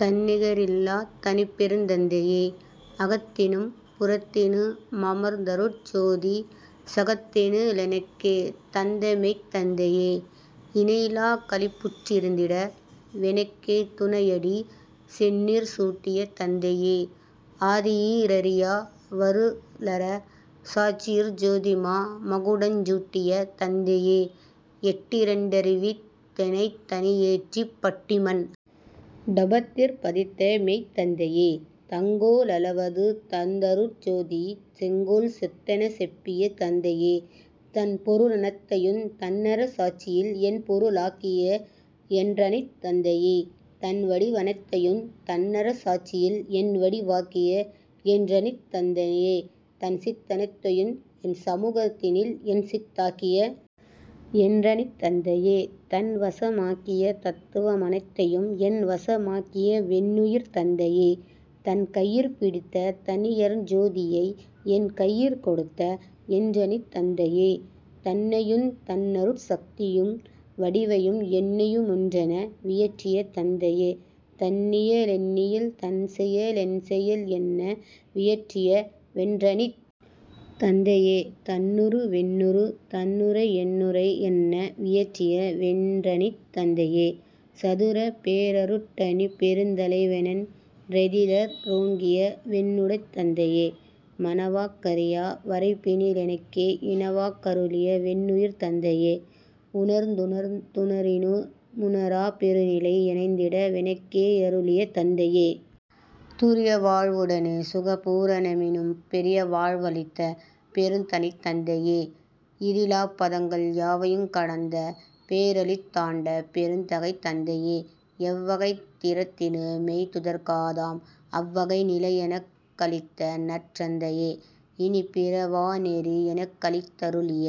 தன்னிக ரில்லாத் தனிப்பெருந் தந்தையே அகத்தினும் புறத்தினு மமர்ந்தருட் ஜோதி சகத்தினி லெனக்கே தந்தமெய்த் தந்தையே இணையிலாக் களிப்புற் றிருந்திட வெனக்கே துணயடி சென்னியிற் சூட்டிய தந்தையே ஆதியீ றறியா வருளர சாட்சியிற் ஜோதிமா மகுடஞ் சூட்டிய தந்தையே எட்டிரண் டறிவித் தெனைத்தனி யேற்றிப் பட்டிமண் டபத்திற் பதித்தமெய்த் தந்தையே தங்கோ லளவது தந்தருட் ஜோதிச் செங்கோல் சொத்தெனச் செப்பிய தந்தையே தன்பொருளனைத்தையுந் தன்னர சாட்சியில் என்பொருளாக்கிய என்றனித் தந்தையே தன்வடி வனைத்தையுந் தன்னர சாட்சியில் என்வடி வாக்கிய என்றனித் தந்தையே தன்சித் தனைத்தையுந் தன்சமுகத்தினில் என்சித்தாக்கிய என்றனித் தந்தையே தன்வச மாகிய தத்துவ மனைத்தையும் என்வச மாக்கிய வென்னுயிர்த் தந்தையே தன்கையிற் பிடித்த தனியருட் ஜோதியை என்கையிற் கொடுத்த என்றனித் தந்தையே தன்னையுந் தன்னருட் சத்தியின் வடிவையும் என்னையு மொன்றென வியற்றிய தந்தையே தன்னிய லென்னியல் தன்செய லென்செயல் என்ன வியற்றிய வென்றனித் தந்தையே தன்னுரு வென்னுரு தன்னுரை யென்னுரை என்ன வியற்றிய வென்றனித் தந்தையே சதுரப் பேரருட் டனிப்பெருந் தலைவனென் றெதிரற் றோங்கிய வென்னுடைத் தந்தையே மனவாக் கறியா வரைப்பினி லெனக்கே இனவாக் கருளிய வென்னுயிர்த் தந்தையே உணர்ந்துணர்ந் துணரினு முணராப் பெருநிலை யணைந்திட வெனக்கே யருளிய தந்தையே துரியவாழ் வுடனே சுகபூ ரணமெனும் பெரியவாழ் வளித்த பெருந்தனித் தந்தையே இறிலாப் பதங்கள் யாவையுங் கடந்த பேறளித் தாண்ட பெருந்தகைத் தந்தையே எவ்வகைத்திறத்தினு மெய்துதற் காதாம் அவ்வகை நிலையெனக் களித்தநற்றந்தையே இனிப்பிற வாநெறி யெனக்களித்தருளிய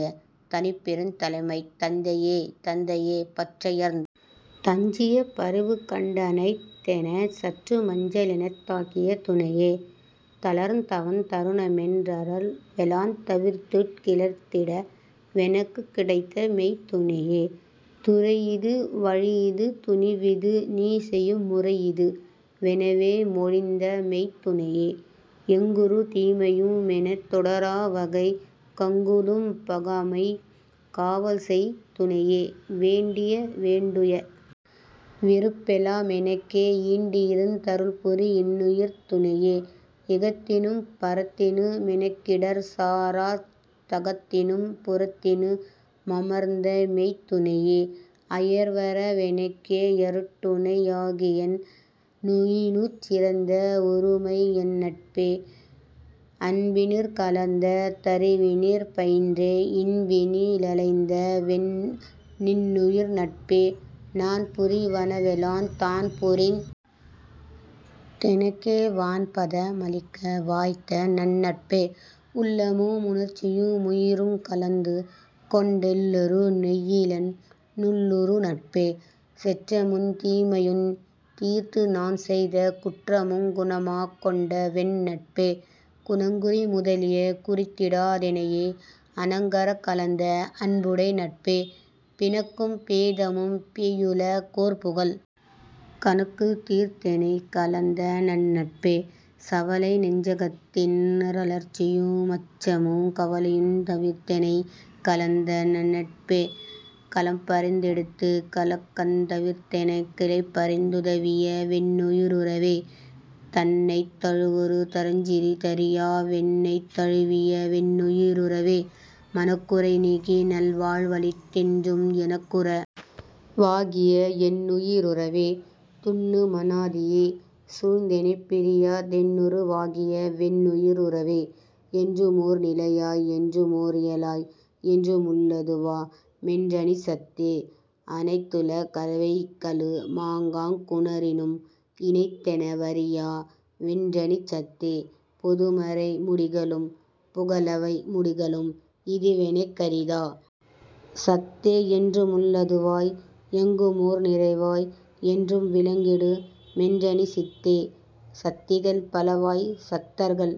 தனிப்பெருந்தலைமைத் தந்தையே தந்தையே பற்றயர் தஞ்சிய பரிவுகண்டணைந்தெனைச் சற்றுமஞ்சேலெனத் தாங்கிய துணையே தளர்ந்தவத் தருணமென்றளர் வெலாந்தவிர்த்துட் கிளர்ந்திட வெனக்குக் கிடைத்தமெய்த் துணையே துறையிது வழியிது துணிவிது நீசெயும் முறையிது வெனவே மொழிந்தமெய்த் துணையே எங்குறு தீமையு மெனைத்தொடராவகை கங்குலும் பகாமெய்க் காவல்செய் துணையே வேண்டிய வேண்டுய விருப்பெலா மெனக்கே யீண்டிருந் தருள்புரி யென்னுயிர்த் துணையே இகத்தினும் பரத்தினு மெனக்கிடர் சாரா தகத்தினும் புறத்தினு மமர்ந்தமெய்த் துணையே அயர்வற வெனக்கே யருட்டுணை யாகியென் னுயினுஞ் சிறந்த வொருமையென் னட்பே அன்பினிற் கலந்த தறிவினிற் பயின்றே இன்பினி லளைந்தவென் னின்னுயிர் நட்பே நான்புரி வனவெலாந் தான்புரிந் தெனக்கே வான்பத மளிக்க வாய்த்த நன்னட்பே உள்ளமு முணர்ச்சியு முயிருங் கலந்துகொண் டெள்ளுறு நெய்யிலென் னுள்ளுறு நட்பே செற்றமுந் தீமையுந் தீர்த்துநான் செய்த குற்றமுங் குணமாக் கொண்ட வென்னட்பே குணங்குறி முதலிய குறித்திடா தெனையே அணங்கறக் கலந்த அன்புடை நட்பே பிணக்கும் பேதமும் பேயுல கோர்புகல் கணக்குந் தீர்த்தெனைக் கலந்தநன் னட்பே சவலைநெஞ் சகத்தின் றளர்ச்சியு மச்சமு கவலையுந் தவிர்த்தெனைக் கலந்தநன் னட்பே களப்பறிந் தெடுத்துக் கலக்கந் தவிர்த்தெனக் கிளைப்பறிந் துதவிய வென்னுயி ருறவே தன்னைத் தழுவுறு தரஞ்சிறி தறியா வென்னைத் தழுவிய வென்னுயி ருறவே மனக்குறை நீக்கிநல் வாழ்வளித் தென்றும் எனக்குற வாகிய என்னுயி ருறவே துன்னு மனாதியே சூழ்ந்தெனைப் பிரியா தென்னுற வாகிய வென்னுயி ருறவே என்றுமோர் நிலையாய் என்றுமோ ரியலாய் என்றுமுள் ளதுவா மென்றனிச் சத்தே அனைத்துல கவைகளு மாங்காங் குணரினும் இனைத்தென வறியா வென்றனிச் சத்தே பொதுமறை முடிகளும் புகலவை முடிகளும் இதுவெனக் கரிதா சத்தே என்றுமுள் ளதுவாய் எங்குமோர் நிறைவாய் என்றும் விளங்கிடு மென்றனிச் சித்தே சத்திகள் பலவாய்த் சத்தர்கள்